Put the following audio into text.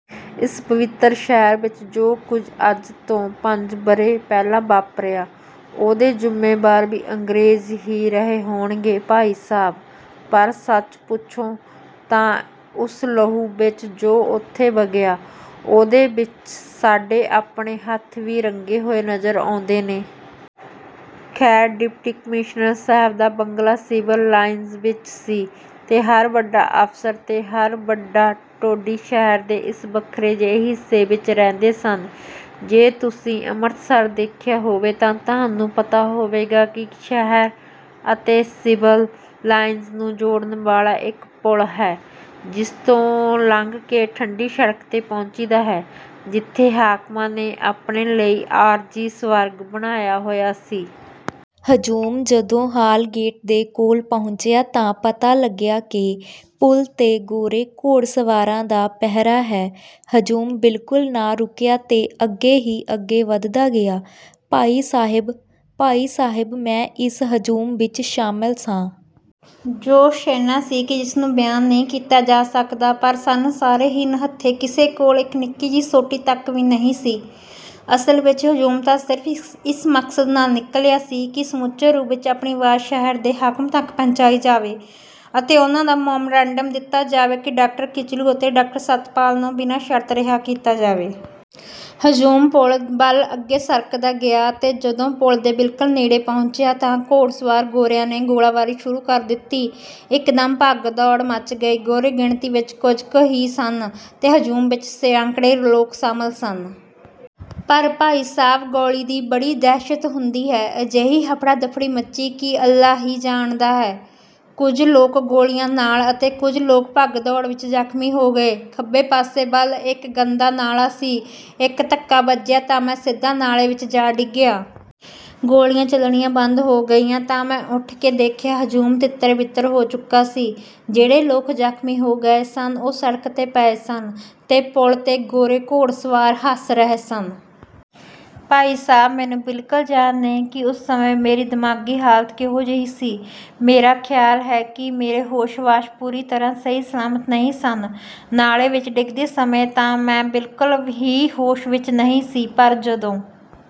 ਉਸ ਪਵਿੱਤਰ ਸ਼ਹਿਰ ਵਿੱਚ ਜੋ ਕੁਝ ਅੱਜ ਤੋਂ ਪੰਜ ਵਰ੍ਹੇ ਪਹਿਲਾਂ ਵਾਪਰਿਆ, ਉਹਦੇ ਜ਼ਿੰਮੇਵਾਰ ਵੀ ਅੰਗਰੇਜ਼ ਹੀ ਰਹੇ ਹੋਣਗੇ ਭਾਈ ਸਾਹਿਬ। ਪਰ ਸੱਚ ਪੁੱਛੋ ਤਾਂ ਉਸ ਲਹੂ ਵਿੱਚ ਜੋ ਉੱਥੇ ਵਗਿਆ, ਉਹਦੇ ਵਿੱਚ ਸਾਡੇ ਆਪਣੇ ਹੱਥ ਵੀ ਰੰਗੇ ਹੋਏ ਨਜ਼ਰ ਆਉਂਦੇ ਨੇ। ਖੈਰ, ਡਿਪਟੀ ਕਮਿਸ਼ਨਰ ਸਾਹਿਬ ਦਾ ਬੰਗਲਾ ਸਿਵਲ ਲਾਈਨਜ਼ ਵਿੱਚ ਸੀ ਤੇ ਹਰ ਵੱਡਾ ਅਫ਼ਸਰ ਤੇ ਹਰ ਵੱਡਾ ਟੋਡੀ ਸ਼ਹਿਰ ਦੇ ਇਸ ਵੱਖਰੇ ਜਿਹੇ ਹਿੱਸੇ ਵਿੱਚ ਰਹਿੰਦੇ ਸਨ। ਜੇ ਤੁਸੀਂ ਅੰਮ੍ਰਿਤਸਰ ਦੇਖਿਆ ਹੋਵੇ ਤਾਂ ਤੁਹਾਨੂੰ ਪਤਾ ਹੋਵੇਗਾ ਕਿ ਸ਼ਹਿਰ ਅਤੇ ਸਿਵਲ ਲਾਈਨਜ਼ ਨੂੰ ਜੋੜਨ ਵਾਲਾ ਇੱਕ ਪੁਲ ਹੈ, ਜਿਸ 'ਤੋਂ ਲੰਘ ਕੇ ਠੰਢੀ ਸੜਕ 'ਤੇ ਪਹੁੰਚੀਦਾ ਹੈ, ਜਿੱਥੇ ਹਾਕਮਾਂ ਨੇ ਆਪਣੇ ਲਈ ਆਰਜ਼ੀ ਸਵਰਗ ਬਣਾਇਆ ਹੋਇਆ ਸੀ। ਹਜੂਮ ਜਦੋਂ ਹਾਲ ਗੇਟ ਦੇ ਕੋਲ ਪਹੁੰਚਿਆ ਤਾਂ ਪਤਾ ਲੱਗਿਆ ਕਿ ਪੁਲ 'ਤੇ ਗੋਰੇ ਘੋੜਸਵਾਰਾਂ ਦਾ ਪਹਿਰਾ ਹੈ। ਹਜੂਮ ਬਿਲਕੁਲ ਨਾ ਰੁਕਿਆ ਤੇ ਅੱਗੇ ਹੀ ਅੱਗੇ ਵਧਦਾ ਗਿਆ। ਭਾਈ ਸਾਹਿਬ, ਭਾਈ ਸਾਹਿਬ ਮੈਂ ਇਸ ਹਜੂਮ ਵਿੱਚ ਸ਼ਾਮਲ ਸਾਂ। ਜੋਸ਼ ਏਨਾ ਸੀ ਕਿ ਜਿਸਨੂੰ ਬਿਆਨ ਨਹੀਂ ਕੀਤਾ ਜਾ ਸਕਦਾ, ਪਰ ਸਨ ਸਾਰੇ ਹੀ ਨਿਹੱਥੇ। ਕਿਸੇ ਕੋਲ ਇੱਕ ਨਿੱਕੀ ਜਿਹੀ ਸੋਟੀ ਤੱਕ ਵੀ ਨਹੀਂ ਸੀ। ਅਸਲ ਵਿੱਚ ਹਜੂਮ ਤਾਂ ਸਿਰਫ਼ ਇਸ ਮਕਸਦ ਨਾਲ ਨਿਕਲਿਆ ਸੀ ਕਿ ਸਮੁੱਚੇ ਰੂਪ ਵਿੱਚ ਆਪਣੀ ਆਵਾਜ਼ ਸ਼ਹਿਰ ਦੇ ਹਾਕਮ ਤੱਕ ਪਹੁੰਚਾਈ ਜਾਵੇ ਅਤੇ ਉਨ੍ਹਾਂ ਨੂੰ ਮੈਮੋਰੰਡਮ ਦਿੱਤਾ ਜਾਵੇ ਕਿ ਡਾਕਟਰ ਕਿਚਲੂ ਅਤੇ ਡਾਕਟਰ ਸੱਤਪਾਲ ਨੂੰ ਬਿਨਾਂ ਸ਼ਰਤ ਰਿਹਾ ਕੀਤਾ ਜਾਵੇ। ਹਜੂਮ ਪੁਲ ਵੱਲ ਅੱਗੇ ਸਰਕਦਾ ਗਿਆ ਤੇ ਜਦੋਂ ਪੁਲ ਦੇ ਬਿਲਕੁਲ ਨੇੜੇ ਪਹੁੰਚਿਆ ਤਾਂ ਘੋੜਸਵਾਰ ਗੋਰਿਆਂ ਨੇ ਗੋਲੀਬਾਰੀ ਸ਼ੁਰੂ ਕਰ ਦਿੱਤੀ। ਇੱਕਦਮ ਭਗਦੜ ਮੱਚ ਗਈ। ਗੋਰੇ ਗਿਣਤੀ ਵਿੱਚ ਕੁਝ ਕੁ ਹੀ ਸਨ ਤੇ ਹਜੂਮ ਵਿੱਚ ਸੈਂਕੜੇ ਲੋਕ ਸ਼ਾਮਲ ਸਨ। ਪਰ ਭਾਈ ਸਾਹਿਬ ਗੋਲੀ ਦੀ ਬੜੀ ਦਹਿਸ਼ਤ ਹੁੰਦੀ ਹੈ। ਅਜਿਹੀ ਹਫੜਾ-ਦਫੜੀ ਮੱਚੀ ਕਿ ਅੱਲ੍ਹਾ ਹੀ ਜਾਣਦਾ ਹੈ। ਕੁਝ ਲੋਕ ਗੋਲੀਆਂ ਨਾਲ ਅਤੇ ਕੁਝ ਭਗਦੜ ਵਿੱਚ ਜ਼ਖ਼ਮੀ ਹੋ ਗਏ। ਖੱਬੇ ਪਾਸੇ ਵੱਲ ਇੱਕ ਗੰਦਾ ਨਾਲਾ ਸੀ; ਇੱਕ ਧੱਕਾ ਵੱਜਿਆ ਤਾਂ ਮੈਂ ਸਿੱਧਾ ਨਾਲੇ ਵਿੱਚ ਜਾ ਡਿੱਗਿਆ। ਗੋਲੀਆਂ ਚਲਣੀਆਂ ਬੰਦ ਹੋ ਗਈਆਂ ਤਾਂ ਮੈਂ ਉੱਠ ਕੇ ਦੇਖਿਆ ਹਜੂਮ ਤਿੱਤਰ-ਬਿੱਤਰ ਹੋ ਚੁੱਕਾ ਸੀ। ਜਿਹੜੇ ਲੋਕ ਜ਼ਖ਼ਮੀ ਹੋ ਗਏ ਸਨ, ਉਹ ਸੜਕ 'ਤੇ ਪਏ ਸਨ ਤੇ ਪੁਲ 'ਤੇ ਗੋਰੇ ਘੋੜਸਵਾਰ ਹੱਸ ਰਹੇ ਸਨ। ਭਾਈ ਸਾਹਿਬ ਮੈਨੂੰ ਬਿਲਕੁਲ ਯਾਦ ਨਹੀਂ ਕਿ ਉਸ ਸਮੇਂ ਮੇਰੀ ਦਿਮਾਗ਼ੀ ਹਾਲਤ ਕਿਹੋ ਜਿਹੀ ਸੀ। ਮੇਰਾ ਖਿਆਲ ਹੈ ਕਿ ਮੇਰੇ ਹੋਸ਼ੋ-ਹਵਾਸ ਪੂਰੀ ਤਰ੍ਹਾਂ ਸਹੀ ਸਲਾਮਤ ਨਹੀਂ ਸਨ। ਨਾਲੇ ਵਿੱਚ ਡਿੱਗਦੇ ਸਮੇਂ ਤਾਂ ਮੈਂ ਬਿਲਕੁਲ ਹੀ ਹੋਸ਼ ਵਿੱਚ ਨਹੀਂ ਸੀ। ਪਰ ਜਦੋਂ